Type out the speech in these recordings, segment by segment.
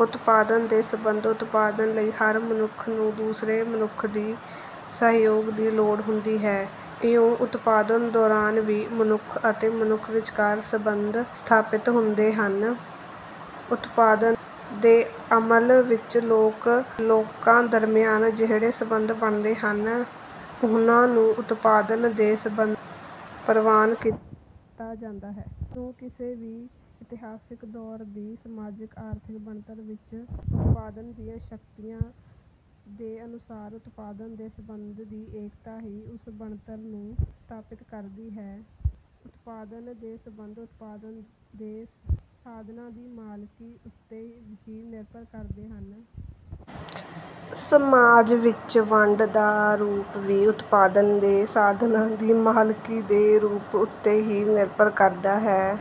ਉਤਪਾਦਨ ਦੇ ਸੰਬੰਧ ਉਤਪਾਦਨ ਲਈ ਹਰ ਮਨੁੱਖ ਨੂੰ ਦੂਸਰੇ ਮਨੁੱਖ ਦੇ ਸਹਿਯੋਗ ਦੀ ਲੋੜ ਹੁੰਦੀ ਹੈ। ਇਉਂ ਉਤਪਾਦਨ ਦੌਰਾਨ ਵੀ ਮਨੁੱਖ ਅਤੇ ਮਨੁੱਖ ਵਿਚਕਾਰ ਸੰਬੰਧ ਸਥਾਪਿਤ ਹੁੰਦੇ ਹਨ। ਉਤਪਾਦਨ ਦੇ ਅਮਲ ਵਿੱਚ ਲੋਕਾਂ ਦਰਮਿਆਨ ਜਿਹੜੇ ਸੰਬੰਧ ਬਣਦੇ ਹਨ, ਉਨ੍ਹਾਂ ਨੂੰ ਉਤਪਾਦਨ ਦੇ ਸੰਬੰਧ ਪ੍ਰਵਾਨ ਕੀਤਾ ਜਾਂਦਾ ਹੈ। ਇਉਂ ਕਿਸੇ ਵੀ ਇਤਿਹਾਸਕ ਦੌਰ ਦੀ ਸਮਾਜਿਕ-ਆਰਥਿਕ ਬਣਤਰ ਵਿੱਚ ਉਤਪਾਦਨ ਦੀਆਂ ਸ਼ਕਤੀਆਂ ਦੇ ਅਨੁਸਾਰੀ ਉਤਪਾਦਨ ਦੇ ਸੰਬੰਧਾਂ ਦੀ ਏਕਤਾ ਹੀ ਉਸ ਬਣਤਰ ਨੂੰ ਸਥਾਪਿਤ ਕਰਦੀ ਹੈ। ਉਤਪਾਦਨ ਦੇ ਸੰਬੰਧ ਉਤਪਾਦਨ ਦੇ ਸਾਧਨਾਂ ਦੀ ਮਾਲਕੀ ਉੱਤੇ ਹੀ ਨਿਰਭਰ ਕਰਦੇ ਹਨ। ਸਮਾਜ ਵਿੱਚ ਵੰਡ ਦਾ ਰੂਪ ਵੀ ਉਤਪਾਦਨ ਦੇ ਸਾਧਨਾਂ ਦੀ ਮਾਲਕੀ ਦੇ ਰੂਪ ਉੱਤੇ ਹੀ ਨਿਰਭਰ ਕਰਦਾ ਹੈ।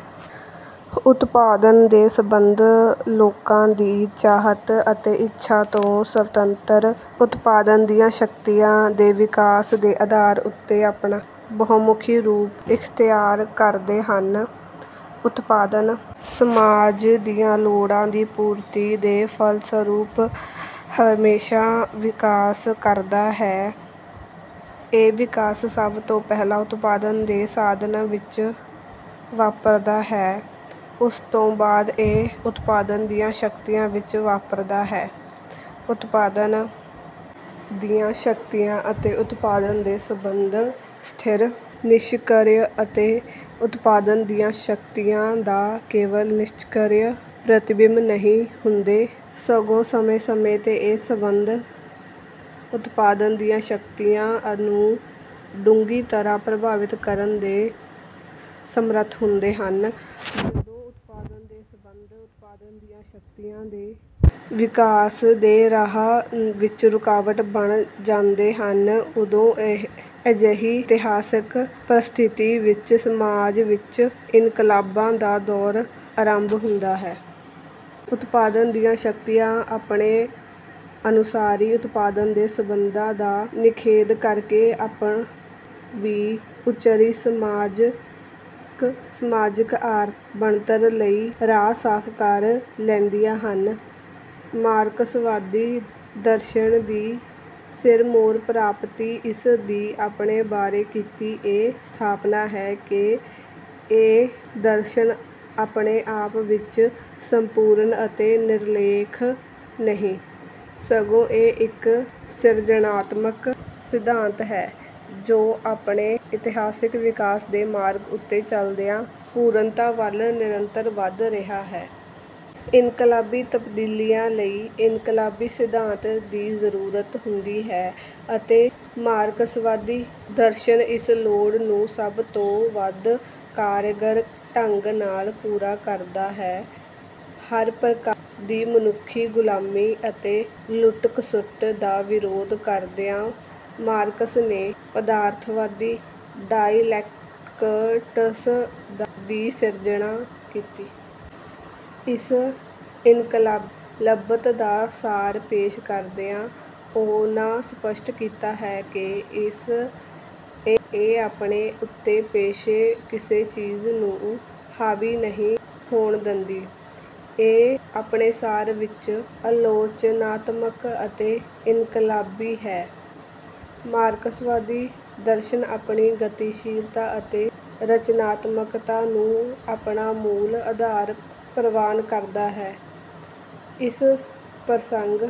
ਉਤਪਾਦਨ ਦੇ ਸੰਬੰਧ ਲੋਕਾਂ ਦੀ ਚਾਹਤ ਅਤੇ ਇੱਛਾ ਤੋਂ ਸੁਤੰਤਰ, ਉਤਪਾਦਨ ਦੀਆਂ ਸ਼ਕਤੀਆਂ ਦੇ ਵਿਕਾਸ ਦੇ ਆਧਾਰ ਉੱਤੇ ਆਪਣਾ ਬਾਹਰਮੁਖੀ ਰੂਪ ਇਖ਼ਤਿਆਰ ਕਰਦੇ ਹਨ। ਉਤਪਾਦਨ ਸਮਾਜ ਦੀਆਂ ਲੋੜਾਂ ਦੀ ਪੂਰਤੀ ਦੇ ਫਲਸਰੂਪ ਹਮੇਸ਼ਾ ਵਿਕਾਸ ਕਰਦਾ ਹੈ। ਇਹ ਵਿਕਾਸ ਸਭ ਤੋਂ ਪਹਿਲਾਂ ਉਤਪਾਦਨ ਦੇ ਸਾਧਨਾਂ ਵਿੱਚ ਵਾਪਰਦਾ ਹੈ। ਉਸ ਤੋਂ ਬਾਅਦ ਇਹ ਉਤਪਾਦਨ ਦੀਆਂ ਸ਼ਕਤੀਆਂ ਵਿੱਚ ਵਾਪਰਦਾ ਹੈ। ਉਤਪਾਦਨ ਦੀਆਂ ਸ਼ਕਤੀਆਂ ਅਤੇ ਉਤਪਾਦਨ ਦੇ ਸੰਬੰਧ ਸਥਿਰ, ਨਿਸ਼ਕ੍ਰਿਯ ਅਤੇ ਉਤਪਾਦਨ ਦੀਆਂ ਸ਼ਕਤੀਆਂ ਦਾ ਕੇਵਲ ਨਿਸ਼ਕ੍ਰਿਯ ਪ੍ਰਤਿਬਿੰਬ ਨਹੀਂ ਹੁੰਦੇ, ਸਗੋਂ ਸਮੇਂ-ਸਮੇਂ ’ਤੇ ਇਹ ਸੰਬੰਧ ਉਤਪਾਦਨ ਦੀਆਂ ਸ਼ਕਤੀਆਂ ਨੂੰ ਡੂੰਘੀ ਤਰ੍ਹਾਂ ਪ੍ਰਭਾਵਿਤ ਕਰਨ ਦੇ ਸਮਰੱਥ ਹੁੰਦੇ ਹਨ ਜਦੋਂ ਉਤਪਾਦਨ ਦੇ ਸੰਬੰਧ ਉਤਪਾਦਨ ਦੀਆਂ ਸ਼ਕਤੀਆਂ ਦੇ ਵਿਕਾਸ ਦੇ ਰਾਹ ਵਿੱਚ ਰੁਕਾਵਟ ਬਣ ਜਾਂਦੇ ਹਨ, ਉਦੋਂ ਅਜਿਹੀ ਇਤਿਹਾਸਕ ਪਰਿਸਥਿਤੀ ਵਿੱਚ ਸਮਾਜ ਵਿੱਚ ਇਨਕਲਾਬਾਂ ਦਾ ਦੌਰ ਆਰੰਭ ਹੁੰਦਾ ਹੈ। ਉਤਪਾਦਨ ਦੀਆਂ ਸ਼ਕਤੀਆਂ ਆਪਣੇ ਅਨੁਸਾਰੀ ਉਤਪਾਦਨ ਦੇ ਸੰਬੰਧਾਂ ਦਾ ਨਿਖੇਧ ਕਰਕੇ ਆਪ ਵੀ ਉੱਚੇਰੀ ਸਮਾਜਿਕ-ਆਰਥਿਕ ਬਣਤਰ ਲਈ ਰਾਹ ਸਾਫ਼ ਕਰ ਲੈਂਦੀਆਂ ਹਨ। ਮਾਰਕਸਵਾਦੀ ਦਰਸ਼ਨ ਦੀ ਸਿਰਮੌਰ ਪ੍ਰਾਪਤੀ ਇਸ ਦੀ ਆਪਣੇ ਬਾਰੇ ਕੀਤੀ ਇਹ ਸਥਾਪਨਾ ਹੈ ਕਿ ਇਹ ਦਰਸ਼ਨ ਆਪਣੇ ਆਪ ਵਿੱਚ ਸੰਪੂਰਨ ਅਤੇ ਨਿਰਪੇਖ ਨਹੀਂ, ਸਗੋਂ ਇਹ ਇੱਕ ਸਿਰਜਣਾਤਮਕ ਸਿਧਾਂਤ ਹੈ, ਜੋ ਆਪਣੇ ਇਤਿਹਾਸਕ ਵਿਕਾਸ ਦੇ ਮਾਰਗ ਉੱਤੇ ਚਲਦਿਆਂ ਪੂਰਨਤਾ ਵੱਲ ਨਿਰੰਤਰ ਵਧ ਰਿਹਾ ਹੈ। ਇਨਕਲਾਬੀ ਤਬਦੀਲੀ ਲਈ ਇਨਕਲਾਬੀ ਸਿਧਾਂਤ ਦੀ ਜ਼ਰੂਰਤ ਹੁੰਦੀ ਹੈ ਅਤੇ ਮਾਰਕਸਵਾਦੀ ਦਰਸ਼ਨ ਇਸ ਲੋੜ ਨੂੰ ਸਭ ਤੋਂ ਵੱਧ ਕਾਰਗਰ ਢੰਗ ਨਾਲ ਪੂਰਾ ਕਰਦਾ ਹੈ। ਹਰ ਪ੍ਰਕਾਰ ਦੀ ਮਨੁੱਖੀ ਗੁਲਾਮੀ ਅਤੇ ਲੁੱਟ-ਖਸੁੱਟ ਦਾ ਵਿਰੋਧ ਕਰਦਿਆਂ ਮਾਰਕਸ ਨੇ ਪਦਾਰਥਵਾਦੀ ਡਾਇਲੈਕਟਿਕਸ ਦੀ ਸਿਰਜਣਾ ਕੀਤੀ। ਇਸ ਇਨਕਲਾਬੀ ਲੱਭਤ ਦਾ ਸਾਰ ਪੇਸ਼ ਕਰਦਿਆਂ ਉਨ੍ਹਾਂ ਸਪੱਸ਼ਟ ਕੀਤਾ ਹੈ ਕਿ, “ਇਹ ਆਪਣੇ ਆਪ ਉੱਤੇ ਪੇਸ਼ ਕਿਸੇ ਚੀਜ਼ ਨੂੰ ਹਾਵੀ ਨਹੀਂ ਹੋਣ ਦਿੰਦੀ; ਇਹ ਆਪਣੇ ਸਾਰ ਵਿੱਚ ਆਲੋਚਨਾਤਮਕ ਅਤੇ ਇਨਕਲਾਬੀ ਹੈ।”ਮਾਰਕਸਵਾਦੀ ਦਰਸ਼ਨ ਆਪਣੀ ਗਤੀਸ਼ੀਲਤਾ ਅਤੇ ਰਚਨਾਤਮਕਤਾ ਨੂੰ ਆਪਣਾ ਮੂਲ ਆਧਾਰ ਪ੍ਰਵਾਨ ਕਰਦਾ ਹੈ। ਇਸ ਪ੍ਰਸੰਗ…